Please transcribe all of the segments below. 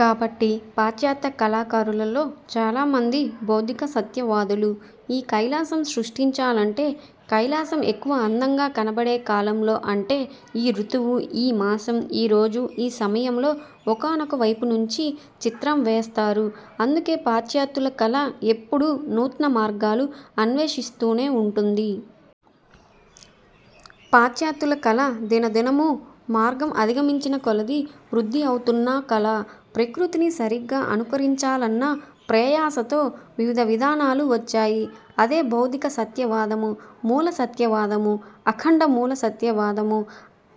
కాబట్టి పాశ్చాత్య కళాకారులలో చాలామంది భౌతిక సత్యవాదులు. ఈ కైలాసం సృష్టించాలంటే, కైలాసం ఎక్కువ అందంగా కనబడేకాలంలో అంటే ఈ రుతువు, ఈ మాసం, ఈ రోజు ఈ సమయంలో ఒకానొక వైపునుంచి చిత్రం వేస్తారు. అందుకే పాశ్చాత్యుల కళ ఎప్పుడూ నూత్న మార్గాలు అన్వేషిస్తూనే ఉంటుంది. పాశ్చాత్యుల కళ దినదినమూ, మార్గం అధిగమించిన కొలదీ, వృద్ది అవుతూన్న కళ. ప్రకృతిని సరిగా అనుకరించాలన్న ప్రయాసతో వివిధ విధానాలు వచ్చాయి. అదే భౌతిక సత్యవాదము. మూల సత్యవాదము, అఖండమూల సత్యవాదము,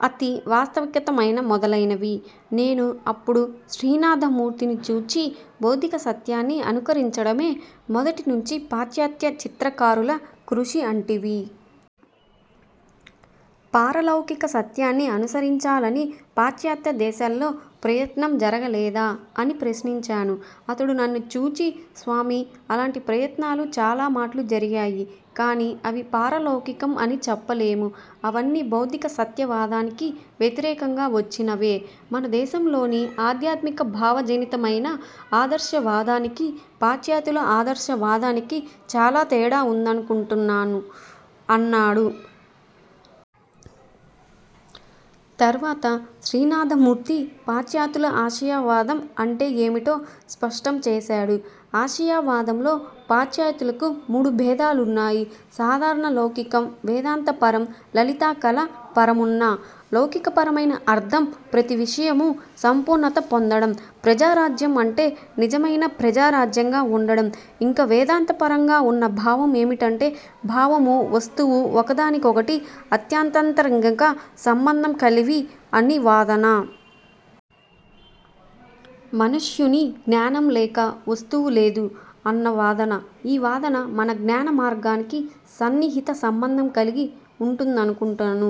అతి వాస్తవికతమొదలైనవి. నేను అప్పుడు శ్రీనాథమూర్తిని చూచి, '' భౌతికసత్యాన్ని అనుకరించడమే మొదటినుంచీ పాశ్చాత్య చిత్రకారుల కృషి అంటివి. పారలౌకిక సత్యాన్ని అనుసరించాలని పాశ్చాత్యాదేశాల్లో ప్రయత్నం జరగలేదా? ''అని ప్రశ్నించాను. అతడు నన్ను చూచి ''స్వామీ, అలాంటి ప్రయత్నాలు చాలా మాట్లు జరిగాయి. గాని అవి పారలౌకికం అని చెప్పలేము. అవన్నీ భౌతిక సత్యవాదానికి వ్యతిరేకంగా వచ్చినవే. మన దేశంలోని ఆధ్యాత్మిక భావజనితమైన ఆదర్శ వాదానికీ, పాశ్చాత్యుల ఆదర్శ వాదానికీ చాలా తేడా ఉందనుకుంటాను'' అన్నాడు. తర్వాత శ్రీనాథమూర్తి పాశ్చాత్యుల ఆశయవాదం అంటే ఏమిటో స్పష్టం చేశాడు. '' ఆశయవాదంలో పాశ్చాత్యులకు మూడు భేదాలున్నాయి సాదారణ లౌకికం, వేదాంతపరం, లలితకళా పరమున్నూ. లౌకికపరమైన అర్ధం ప్రతి విషయమూ సంపూర్ణత పొందడం, ప్రజారాజ్యం అంటే నిజమైన ప్రజారాజ్యంగా ఉండడం. ఇంక వేదాంతపరంగా ఉన్న భావం ఏమిటంటే, భావమూ, వస్తువూ ఒకదాని కొకటి అత్యంతాంతరింగిక సంబంధం కలవి అని వాదన. మనుష్యుని జ్ఞానం లేక వస్తువు లేదు అన్న వాదన. ఈ వాదన మన జ్ఞాన మార్గానికి సన్నిహిత సంబంధం కలిగి ఉంటుందనుకుంటాను.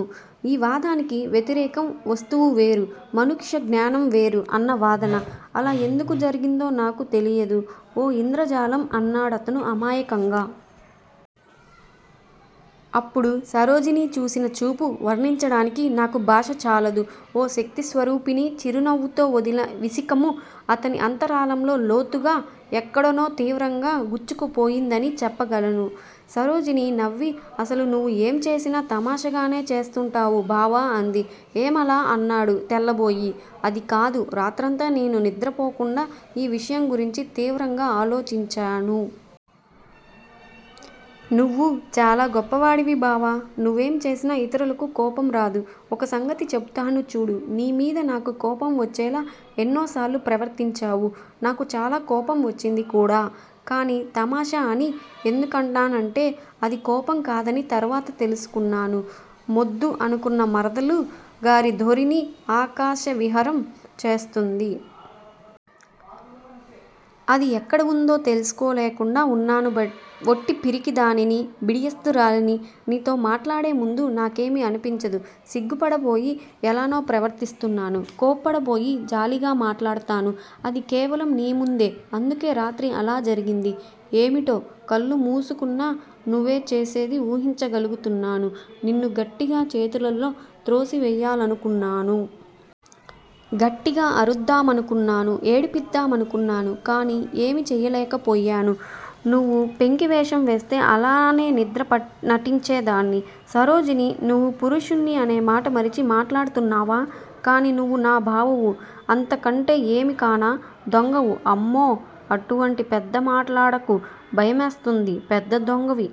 ఈ వాదానికి వ్యతిరేకం వస్తువు వేరు, మనుష్య జ్ఞానం వేరు అన్న వాదన. అలా ఎందుకు జరిగిందో నాకు తెలియదు. ఓ ఇంద్రజాలం అన్నాడతను అమాయకంగా. అప్పుడు సరోజిని చూసిన చూపు వర్ణించడానికి నాకు భాష చాలదు. ఓ శక్తిస్వరూపిణి చిరునవ్వుతో వదిలిన విశిఖము అతని అంతరాళంలో లోతుగా ఎక్కడనో తీవ్రంగా గుచ్చుకుపోయిందని చెప్పగలను. సరోజిని నవ్వి అసలు నువ్వు ఏంచేసినా తమాషాగానే చేస్తుంటావు బావా అంది. ఏమలా? అన్నాడు తెల్లబోయి. అదికాదు రాత్రంతా నేను నిద్రపోకుండా ఈ విషయంగురించి తీవ్రంగా ఆలోచించాను. నువ్వు చాలా గొప్పవాడివి బావా. నువ్వేం చేసినా ఇతరులకు కోపంరాదు. ఒక సంగతి చెబుతాను చూడు, నీమీద నాకు కోపం వచ్చేలా ఎన్నోసార్లు ప్రవర్తించావు. నాకు చాలా కోపంవచ్చింది కూడా. కానీ తమాషా అని ఎందుకన్నానంటే అది కోపంకాదని తరువాత తెలుసుకున్నాను. మొద్దు అనుకున్న మరదలుగారి ధోరణి ఆకాశవిహారం చేస్తోంది. అది ఎక్కడవుందో తెలుసుకోలేకుండా ఉన్నాను ఒట్టి పిరికిధానని బిడియస్తురాలిని. నీతో మాట్లాడేముందు నాకేమీ అనిపించదు. సిగ్గుపడబోయి, ఎలానో ప్రవర్తిస్తున్నాను. కోప్పడబోయి జాలిగా మాట్లాడతాను. అది కేవలం నీ ముందే అందుకే రాత్రి అలా జరిగింది. ఏమిటో? కళ్ళు మూసుకున్నా నువ్వేంచేసేదీ ఊహించ గలుగుతున్నాను. నిన్ను గట్టిగా చేతులతో త్రోసివేయాలనుకున్నాను. గట్టిగా అరుద్ద్డామనుకున్నాను. ఏడిపిద్దామనుకున్నాను. కానీ ఏమీ చేయలేకపోయాను. నువ్వు పెంకివేషం వేస్తే అలానే నిద్ర నటించేదాన్ని! సరోజినీ! నేను పురుషుడ్ని అనే మాట మరిచి మాట్లాడుతున్నావా? కానీ నువ్వు నా బావవు. అంతకంటే ఏమీ కానా. దొంగవు అమ్మో! అటువంటి పెద్దమాటలాడకు, భయమేస్తుంది. పెద్ద దొంగవి.